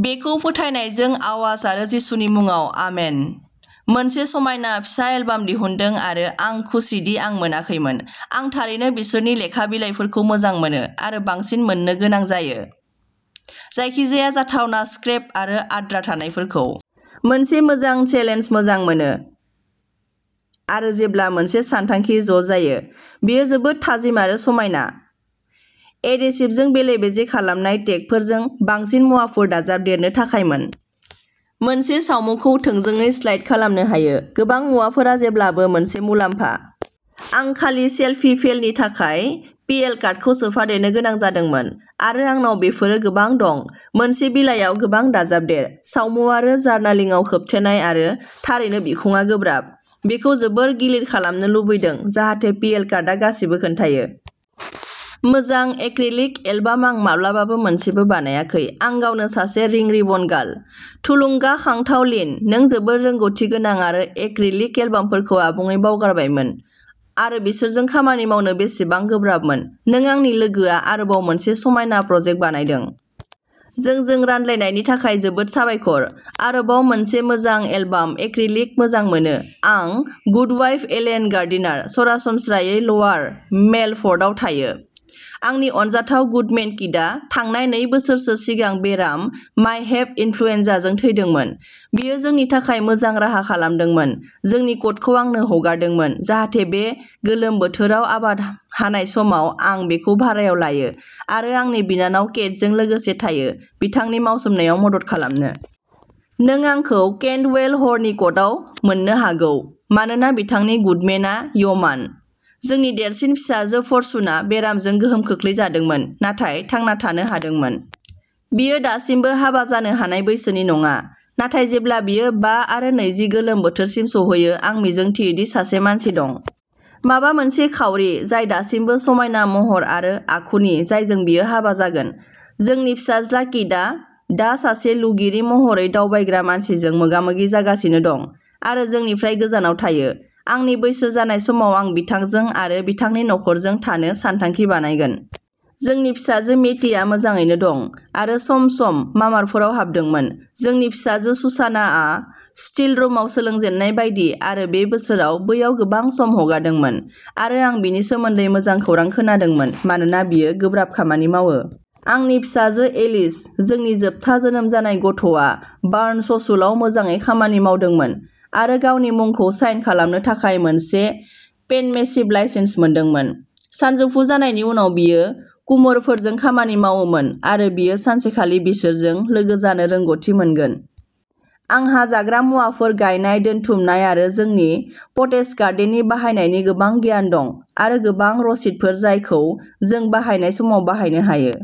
बेखौ फोथायनायजों आजाव आरो जिसुनि मुङाव आमेन। मोनसे समायना फिसा एलबाम दिहुनदों आरो आं खुसिदि आं मोनाखैमोन। आं थारैनो बिसोरनि लेखा बिलाइफोरखौ मोजां मोनो आरो बांसिन मोननो गोनां जायो। जायखिजाया जाथावना स्क्रेप आरो आद्रा थानायफोरखौ। मोनसे मोजां चेलेन्ज मोजां मोनो आरो जेब्ला मोनसे सानथांखि ज' जायो। बेयो जोबोद थाजिम आरो समायना एडेसिभजों बेले-बेजे खालामनाय. टेगफोरजों बांसिन मुवाफोर दाजाबदेरनो थाखायमोन। मोनसे सावमुखौ थोंजोङै स्लाइड खालामनो हायो। गोबां मुवाफोरा जेब्लाबो मोनसे मुलाम्फा। आं खालि सेलफि फेलनि थाखाय पिएल कार्डखौ सोफादेरनो गोनां जादोंमोन। आरो आंनाव बेफोरो गोबां दं। मोनसे बिलाइयाव गोबां दाजाबदेर। सावमु आरो जार्नालिङाव खोबथेनाय आरो थारैनो बिखुंआ गोब्राब। बेखौ जोबोद गिलिर खालामनो लुबैदों जाहाथे पि एल कार्डआ गासिबो खोन्थायो। मोजां एक्रिलिक एलबाम आं माब्लाबा मोनसे बानायाखै। आं गावनो सासे रिं रिबन गार्ल। थुलुंगाखांथाव लिन, नों जोबोद रोंग'थि गोनां आं एक्रिलिक एलबामफोरखौ आबुङै बावगारबायमोन आरो बिसोरजों खामानि मावनो बेसेबां गोब्राबमोन, नों आंनि लोगोआ आरोबाव मोनसे समायना प्रजेक्ट बानायदों। जोंजों रानलायनायनि थाखाय जोबोद साबायखर। आरोबाव मोनसे मोजां एलबाम, एक्रिलिक मोजां मोनो आं गुडवाइफ एलेन गार्डिनार, सरासनस्रायै ल'वार मेलफर्डआव थायो। आंनि अनजाथाव गुडमेन किटआ थांनाय नै बोसोरसो सिगां बेराम, मायहेप इन्फ्लुयेनजाजों थैदोंमोन। बियो जोंनि थाखाय मोजां राहा खालामदोंमोन, जोंनि क'टखौ आंनो हगारदोंमोन जाहाथे बे गोलोम बोथोराव आबाद हानाय समाव आं बेखौ भारायाव लायो आरो आंनि बिनानाव केटजों लोगोसे थायो बिथांनि मावसोमनायाव मदद खालामनो। नों आंखौ केन्टवेल हलनि क'टआव मोननो हागौ, मानोना बिथांनि गुडमेनआ य'मान। जोंनि देरसिन फिसाजो फर्चुनआ बेरामजों गोहोम खोख्लैजादोंमोन, नाथाय थांना थानो हादोंमोन। बियो दासिमबो हाबा जानो हानाय बैसोनि नङा, नाथाय जेब्ला बियो बा आरो नैजि गोलोम बोथोरसिम सौहैयो, आं मिजिंथियो दि सासे मानसि दं। माबा मोनसे खाउरि जाय दासिमबो समायना महर आरो आखुनि जायजों बियो हाबा जागोन। जोंनि फिसाज्ला किटआ दा सासे लुगिरि महरै दावबायग्रा मानसिजों मोगामोगि जागासिनो दं आरो जोंनिफ्राय गोजानाव थायो। आंनि बैसो जानाय समाव आं बिथांजों आरो बिथांनि नख'रजों थानो सानथांखि बानायगोन। जोंनि फिसाजो मेटिआ मोजाङैनो दं आरो सम सम मामारफोराव हाबदोंमोन। जोंनि फिसाजो सुसानाआ स्टिलरुमाव सोलोंजेननाय बायदि आरो बे बोसोराव बैयाव गोबां सम हगारदोंमोन आरो आं बिनि सोमोन्दै मोजां खौरां खोनादोंमोन मानोना बियो गोब्राब खामानि मावो। आंनि फिसाजो एलिस, जोंनि जोबथा जोनोम जानाय गथ'आ बार्नसचुलाव मोजाङै खामानि मावदोंमोन, आरो गावनि मुंखौ साइन खालामनो थाखाय मोनसे पेनमेनशिप लाइसेन्स मोनदोंमोन। सानजौफु जानायनि उनाव बियो कुमोरफोरजों खामानि मावोमोन, आरो बियो सानसेखालि बिसोरजों लोगो जानो रोंग'थि मोनगोन। आंहा जाग्रा मुवाफोर गायनाय दोनथुमनाय आरो जोंनि पटेज गार्डेननि बाहायनायनि गोबां गियान दं, आरो गोबां रसिदफोर जायखौ जों बाहायनाय समाव बाहायनो हायो।